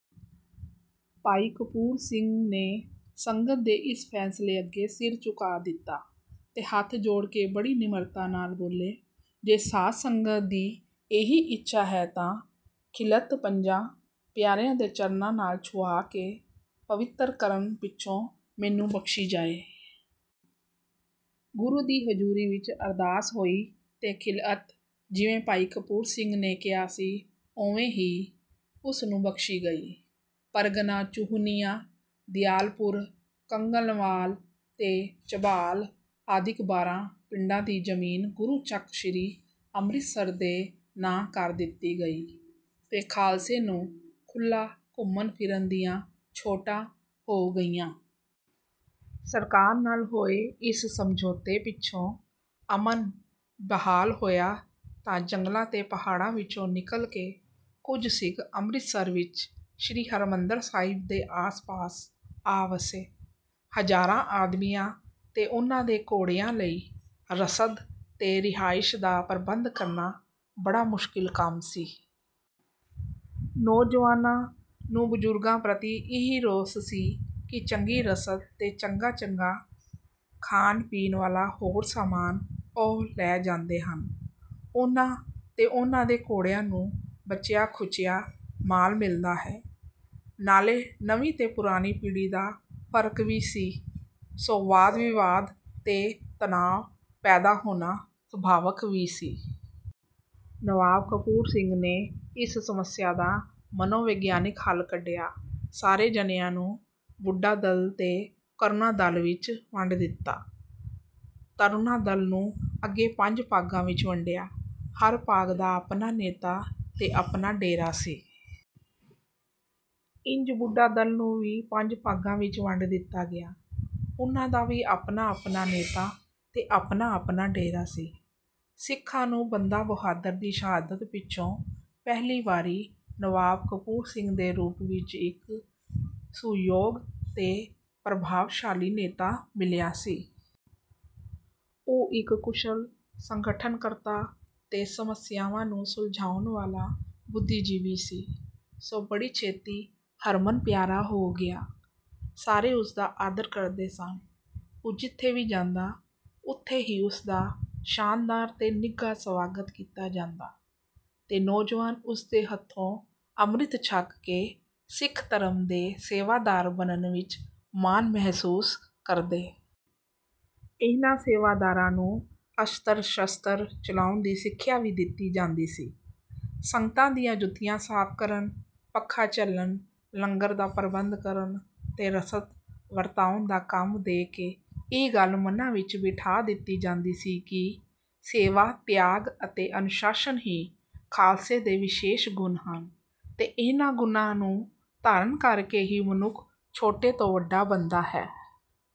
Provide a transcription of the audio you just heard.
ਭਾਈ ਕਪੂਰ ਸਿੰਘ ਨੇ ਸੰਗਤ ਦੇ ਇਸ ਫੈਸਲੇ ਅੱਗੇ ਸਿਰ ਝੁਕਾ ਦਿੱਤਾ ਤੇ ਹੱਥ ਜੋੜ ਕੇ ਬੜੀ ਨਿਮਰਤਾ ਨਾਲ ਬੋਲੇ, "ਜੇ ਸਾਧ ਸੰਗਤ ਦੀ ਇਹੀ ਇੱਛਾ ਹੈ ਤਾਂ ਖਿਲਅਤ ਪੰਜਾਂ ਪਿਆਰਿਆਂ ਦੇ ਚਰਨਾਂ ਨਾਲ ਛੁਹਾ ਕੇ ਪਵਿੱਤਰ ਕਰਨ ਪਿੱਛੋਂ ਮੈਨੂੰ ਬਖ਼ਸ਼ੀ ਜਾਏ।" ਗੁਰੂ ਦੀ ਹਜੂਰੀ ਵਿੱਚ ਅਰਦਾਸ ਹੋਈ ਤੇ ਖਿਲਅਤ ਜਿਵੇਂ ਭਾਈ ਕਪੂਰ ਸਿੰਘ ਨੇ ਕਿਹਾ ਸੀ ਓਵੇਂ ਹੀ ਉਸਨੂੰ ਬਖ਼ਸ਼ੀ ਗਈ। ਪਰਗਨਾ ਚੂਹਨੀਆਂ ਦਿਆਲਪੁਰ ਕੰਗਨਵਾਲ ਤੇ ਝਬਾਲ ਆਦਿਕ ਬਾਰਾਂ ਪਿੰਡਾਂ ਦੀ ਜਮੀਨ ਗੁਰੂ ਚੱਕ ਸ਼੍ਰੀ ਅੰਮ੍ਰਿਤਸਰ ਦੇ ਨਾਂ ਕਰ ਦਿੱਤੀ ਗਈ ਤੇ ਖਾਲਸੇ ਨੂੰ ਖੁੱਲ੍ਹਾ ਘੁੰਮਣ-ਫਿਰਨ ਦੀਆਂ ਛੋਟਾਂ ਹੋ ਗਈਆਂ। ਸਰਕਾਰ ਨਾਲ ਹੋਏ ਇਸ ਸਮਝੌਤੇ ਪਿੱਛੋਂ ਅਮਨ ਬਹਾਲ ਹੋਇਆ ਤਾਂ ਜੰਗਲਾਂ ਤੇ ਪਹਾੜਾਂ ਵਿੱਚੋਂ ਨਿਕਲ ਕੇ ਕੁਝ ਸਿੱਖ ਅੰਮ੍ਰਿਤਸਰ ਵਿੱਚ ਸ਼੍ਰੀ ਹਰਿਮੰਦਰ ਸਾਹਿਬ ਦੇ ਆਸ-ਪਾਸ ਆ ਵੱਸੇ। ਹਜ਼ਾਰਾਂ ਆਦਮੀਆਂ ਤੇ ਉਹਨਾਂ ਦੇ ਘੋੜਿਆਂ ਲਈ ਰਸਦ ਤੇ ਰਿਹਾਇਸ਼ ਦਾ ਪ੍ਰਬੰਧ ਕਰਨਾ ਬੜਾ ਮੁਸ਼ਕਿਲ ਕੰਮ ਸੀ। ਨੌਜਵਾਨਾਂ ਨੂੰ ਬਜ਼ੁਰਗਾਂ ਪ੍ਰਤੀ ਇਹ ਰੋਸ ਸੀ ਕਿ ਚੰਗੀ ਰਸਦ ਤੇ ਚੰਗਾ-ਚੰਗਾ ਖਾਣ-ਪੀਣ ਵਾਲਾ ਹੋਰ ਸਾਮਾਨ ਉਹ ਲੈ ਜਾਂਦੇ ਹਨ, ਉਹਨਾਂ ਤੇ ਉਹਨਾਂ ਦੇ ਘੋੜਿਆਂ ਨੂੰ ਬਚਿਆ-ਖੁਚਿਆ ਮਾਲ ਮਿਲਦਾ ਹੈ। ਨਾਲੇ ਨਵੀਂ ਤੇ ਪੁਰਾਣੀ ਪੀੜ੍ਹੀ ਦਾ ਫ਼ਰਕ ਵੀ ਸੀ, ਸੋ ਵਾਦ-ਵਿਵਾਦ ਤੇ ਤਣਾਅ ਪੈਦਾ ਹੋਣਾ ਸੁਭਾਵਕ ਵੀ ਸੀ। ਨਵਾਬ ਕਪੂਰ ਸਿੰਘ ਨੇ ਇਸ ਸਮੱਸਿਆ ਦਾ ਮਨੋਵਿਗਿਆਨਕ ਹੱਲ ਕੱਢਿਆ। ਸਾਰੇ ਜਣਿਆਂ ਨੂੰ ਬੁੱਢਾ-ਦਲ ਤੇ ਤਰੂਣਾ-ਦਲ ਵਿੱਚ ਵੰਡ ਦਿੱਤਾ। ਤਰੂਣਾ-ਦਲ ਨੂੰ ਅੱਗੇ ਪੰਜ ਭਾਗਾਂ ਵਿੱਚ ਵੰਡਿਆ। ਹਰ ਭਾਗ ਦਾ ਆਪਣਾ ਨੇਤਾ ਤੇ ਆਪਣਾ ਡੇਰਾ ਸੀ। ਇੰਜ ਬੁੱਢਾ ਦਾਲ ਨੂੰ ਵੀ ਪੰਜ ਭਾਗਾਂ ਵਿੱਚ ਵੰਡ ਦਿੱਤਾ ਗਿਆ। ਉਹਨਾਂ ਦਾ ਵੀ ਆਪਣਾ-ਆਪਣਾ ਨੇਤਾ ਤੇ ਆਪਣਾ-ਆਪਣਾ ਡੇਰਾ ਸੀ। ਸਿੱਖਾਂ ਨੂੰ ਬੰਦਾ ਬਹਾਦੁਰ ਦੀ ਸ਼ਹਾਦਤ ਪਿੱਛੋਂ ਪਹਿਲੀ ਵਾਰੀ ਨਵਾਬ ਕਪੂਰ ਸਿੰਘ ਦੇ ਰੂਪ ਵਿੱਚ ਇੱਕ ਸੁਯੋਗ ਤੇ ਪ੍ਰਭਾਵਸ਼ਾਲੀ ਨੇਤਾ ਮਿਲਿਆ ਸੀ। ਉਹ ਇੱਕ ਕੁਸ਼ਲ ਸੰਗਠਨਕਰਤਾ ਤੇ ਸਮੱਸਿਆਵਾਂ ਨੂੰ ਸੁਲਝਾਉਣ ਵਾਲਾ ਬੁੱਧੀਜੀਵੀ ਸੀ। ਸੋ ਬੜੀ ਛੇਤੀ ਹਰਮਨ ਪਿਆਰਾ ਹੋ ਗਿਆ। ਸਾਰੇ ਉਸਦਾ ਆਦਰ ਕਰਦੇ ਸਨ। ਉਹ ਜਿੱਥੇ ਵੀ ਜਾਂਦਾ ਉੱਥੇ ਹੀ ਉਸਦਾ ਸ਼ਾਨਦਾਰ ਤੇ ਨਿੱਘਾ ਸਵਾਗਤ ਕੀਤਾ ਜਾਂਦਾ ਤੇ ਨੌਜਵਾਨ ਉਸਦੇ ਹੱਥੋਂ ਅੰਮ੍ਰਿਤ ਛਕ ਕੇ ਸਿੱਖ ਧਰਮ ਦੇ ਸੇਵਾਦਾਰ ਬਣਨ ਵਿੱਚ ਮਾਣ ਮਹਿਸੂਸ ਕਰਦੇ। ਇਹਨਾਂ ਸੇਵਾਦਾਰਾਂ ਨੂੰ ਅਸਤਰ-ਸ਼ਸਤਰ ਚਲਾਉਣ ਦੀ ਸਿੱਖਿਆ ਵੀ ਦਿੱਤੀ ਜਾਂਦੀ ਸੀ। ਸੰਗਤਾਂ ਦੀਆਂ ਜੁੱਤੀਆਂ ਸਾਫ ਕਰਨ, ਪੱਖਾ ਝੱਲਣ, ਲੰਗਰ ਦਾ ਪ੍ਰਬੰਧ ਕਰਨ ਤੇ ਰਸਦ ਵਰਤਾਉਣ ਦਾ ਕੰਮ ਦੇ ਕੇ ਇਹ ਗੱਲ ਮਨਾਂ ਵਿੱਚ ਬਿਠਾ ਦਿੱਤੀ ਜਾਂਦੀ ਸੀ ਕਿ ਸੇਵਾ ਤਿਆਗ ਅਤੇ ਅਨੁਸ਼ਾਸਨ ਹੀ ਖਾਲਸੇ ਦੇ ਵਿਸ਼ੇਸ਼ ਗੁਣ ਹਨ ਤੇ ਇਹਨਾਂ ਗੁਣਾਂ ਨੂੰ ਧਾਰਨ ਕਰਕੇ ਹੀ ਮਨੁੱਖ ਛੋਟੇ ਤੋਂ ਵੱਡਾ ਬਣਦਾ ਹੈ।